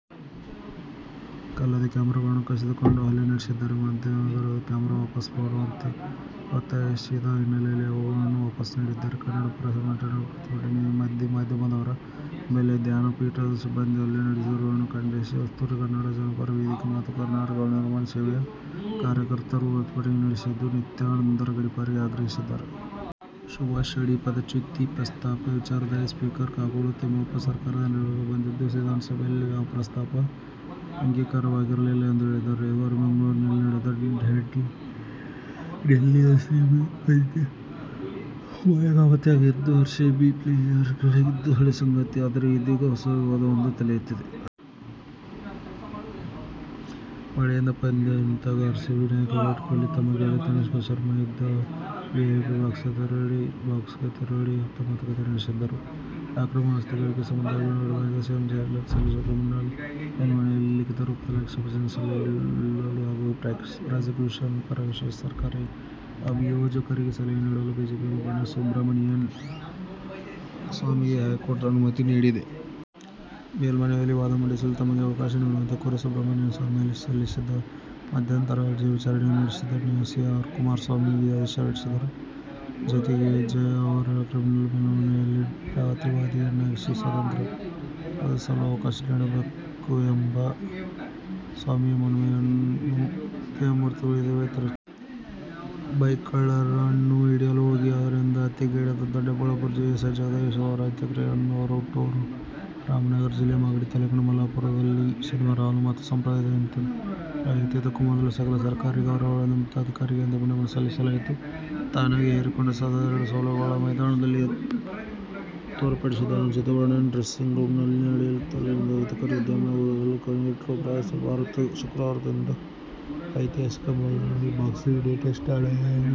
ಅಲ್ಲದೇ ಕ್ಯಾಮರಾಗಳನ್ನು ಕಸಿದುಕೊಂಡು ಹಲ್ಲೆ ನಡೆಸಿದ್ದಾರೆ. ಮಾಧ್ಯಮದವರು ಕ್ಯಾಮರಾ ವಾಪಸ್ ಕೊಡುವಂತೆ ಒತ್ತಾಯಿಸಿದ ಹಿನ್ನೆಲೆಯಲ್ಲಿ ಅವುಗಳನ್ನು ವಾಪಸ್ ನೀಡಿದ್ದಾರೆ. ಕನ್ನಡ ಪರ ಸಂಘಟನೆಗಳ ಪ್ರತಿಭಟನೆ:ಈ ಮಧ್ಯೆ, ಮಾಧ್ಯಮದವರ ಮೇಲೆ ಧ್ಯಾನಪೀಠದ ಸಿಬ್ಬಂದಿ ಹಲ್ಲೆ ನಡೆದಿರುವುದನ್ನು ಖಂಡಿಸಿ ಕಸ್ತೂರಿ ಕನ್ನಡ ಜನಪರ ವೇದಿಕೆ ಮತ್ತು ಕರ್ನಾಟಕ ನವನಿರ್ಮಾಣ ಸೇನೆಯ ಕಾರ್ಯಕರ್ತರು ಪ್ರತಿಭಟನೆ ನಡೆಸಿದ್ದು, ನಿತ್ಯಾನಂದರ ಗಡಿಪಾರಿಗೆ ಆಗ್ರಹಿಸಿದ್ದಾರೆ. ಸುಭಾಷ್ ಅಡಿ ಪದಚ್ಯುತಿ ಪ್ರಸ್ತಾಪ ವಿಚಾರದಲ್ಲಿ ಸ್ಪೀಕರ್ ಕಾಗೋಡು ತಿಮ್ಮಪ್ಪ ಸರ್ಕಾರದ ನೆರವಿಗೆ ಬಂದಿದ್ದು, ವಿಧಾನಸಭೆಯಲ್ಲಿ ಆ ಪ್ರಸ್ತಾಪ ಅಂಗೀಕಾರವಾಗಿರಲಿಲ್ಲ ಎಂದು ಹೇಳಿದ್ದಾರೆ. ರವಿವಾರ ಬೆಂಗಳೂರಿನಲ್ಲಿ ನಡೆದ ಡೆಲ್ಲಿ-ಆರ್ಸಿಬಿ ಪಂದ್ಯ ಮಳೆಗಾಹುತಿಯಾಗಿದ್ದು, ಆರ್ಸಿಬಿ ಪ್ಲೇಆಫ್ಗೇರಿದ್ದು ಹಳೇ ಸಂಗತಿ. ಆದರೆ ಇದೀಗ ಹೊಸ ವಿವಾದವೊಂದು ತಲೆ ಎತ್ತಿದೆ. ಮಳೆಯಿಂದ ಪಂದ್ಯ ನಿಂತಾಗ ಆರ್ಸಿಬಿ ನಾಯಕ ವಿರಾಟ್ ಕೊಹ್ಲಿ ತಮ್ಮ ಗೆಳತಿ ಅನುಷ್ಕಾ ಶರ್ಮಾ ಇದ್ದ ವಿಐಪಿ ಬಾಕ್ಸ್ಗೆ ತೆರಳಿ ಆಪ್ತ ಮಾತುಕತೆ ನಡೆಸಿದ್ದರು. ಅಕ್ರಮ ಆಸ್ತಿ ಗಳಿಕೆ ಸಂಬಂಧ ತಮಿಳುನಾಡು ಮಾಜಿ ಸಿಎಂ ಜಯಲಲಿತಾ ಸಲ್ಲಿಸಿರುವ ಕ್ರಿಮಿನಲ್ ಮೇಲ್ಮನವಿಯಲ್ಲಿ ಲಿಖೀತ ರೂಪದಲ್ಲಿ ಆಕ್ಷೇಪಣೆ ಸಲ್ಲಿಸಲು ಹಾಗೂ ಪ್ರಾಸಿಕ್ಯೂಷನ್ ಪರ ವಿಶೇಷ ಸರ್ಕಾರಿ ಅಭಿಯೋಜಕರಿಗೆ ಸಲಹೆ ನೀಡಲು ಬಿಜೆಪಿ ಮುಖಂಡ ಸುಬ್ರಮಣಿಯನ್ ಸ್ವಾಮಿಗೆ ಹೈಕೋರ್ಟ್ ಅನುಮತಿ ನೀಡಿದೆ. ಮೇಲ್ಮನವಿಯಲ್ಲಿ ವಾದ ಮಂಡಿಸಲು ತಮಗೆ ಅವಕಾಶ ನೀಡುವಂತೆ ಕೋರಿ ಸುಬ್ರಮಣಿಯನ್ ಸ್ವಾಮಿ ಸಲ್ಲಿಸಿದ್ದ ಮಧ್ಯಂತರ ಅರ್ಜಿಯ ವಿಚಾರಣೆ ನಡೆಸಿದ ನ್ಯಾ. ಸಿ. ಆರ್. ಕುಮಾರ್ ಸ್ವಾಮಿ ಈ ಆದೇಶ ನೀಡಿದರು. ಜತೆಗೆ, ಜಯಾ ಅವರ ಕ್ರಿಮಿನಲ್ ಮೇಲ್ಮನವಿಯಲ್ಲಿ ಪ್ರತಿವಾದಿಯನ್ನಾಗಿಸಿ ಸ್ವತಂತ್ರ್ಯವಾಗಿ ವಾದಿಸಲು ಅವಕಾಶ ನೀಡಬೇಕು ಎಂಬ ಸ್ವಾಮಿಯ ಮನವಿಯನ್ನು ನ್ಯಾಯಮೂರ್ತಿಗಳು ಇದೇ ವೇಳೆ ತಿರಸ್ಕರಿಸಿದರು. ಬೈಕ್ ಕಳ್ಳರನ್ನು ಹಿಡಿಯಲು ಹೋಗಿ ಅವರಿಂದ ಹತ್ಯೆಗೀಡಾದ ದೊಡ್ಡಬಳ್ಳಾಪುರ ಪಿಎಸ್ಐ ಜಗದೀಶ್ ಅವರ ಅಂತ್ಯಕ್ರಿಯೆಯನ್ನು ಅವರ ಹುಟ್ಟೂರು ರಾಮನಗರ ಜಿಲ್ಲೆ ಮಾಗಡಿ ತಾಲೂಕಿನ ಮಲ್ಲಾಪುರದಲ್ಲಿ ಶನಿವಾರ ಹಾಲುಮತ ಸಂಪ್ರದಾಯದಂತೆ ನೆರವೇರಿಸಲಾಯಿತು. ಇದಕ್ಕೂ ಮೊದಲು ಸಕಲ ಸರ್ಕಾರಿ ಗೌರವಗಳೊಂದಿಗೆ ಮೃತ ಅಧಿಕಾರಿಗೆ ಅಂತಿಮ ನಮನ ಸಲ್ಲಿಸಲಾಯಿತು. ತಾನಾಗಿ ಹೇರಿಕೊಂಡ ಸತತ ಎರಡು ಸೋಲುಗಳು, ಮೈದಾನದಲ್ಲಿ ತೋರ್ಪಡಿಸಿದ ಅನುಚಿತ ವರ್ತನೆ, ಡ್ರೆಸ್ಸಿಂಗ್ ರೂಮ್ನಲ್ಲಿ ನಡೆಯಿತೆನ್ನಲಾದ ಅಹಿತಕರ ವಿದ್ಯಮಾನಇವುಗಳಿಂದೆಲ್ಲ ಕಂಗೆಟ್ಟಿರುವ ಪ್ರವಾಸಿ ಭಾರತ ಶುಕ್ರವಾರದಿಂದ ಐತಿಹಾಸಿಕ ಮೆಲ್ಬರ್ನ್ನಲ್ಲಿ "ಬಾಕ್ಸಿಂಗ್ ಡೇ' ಟೆಸ್ಟ್ ಆಡಲಿಳಿಯಲಿದೆ.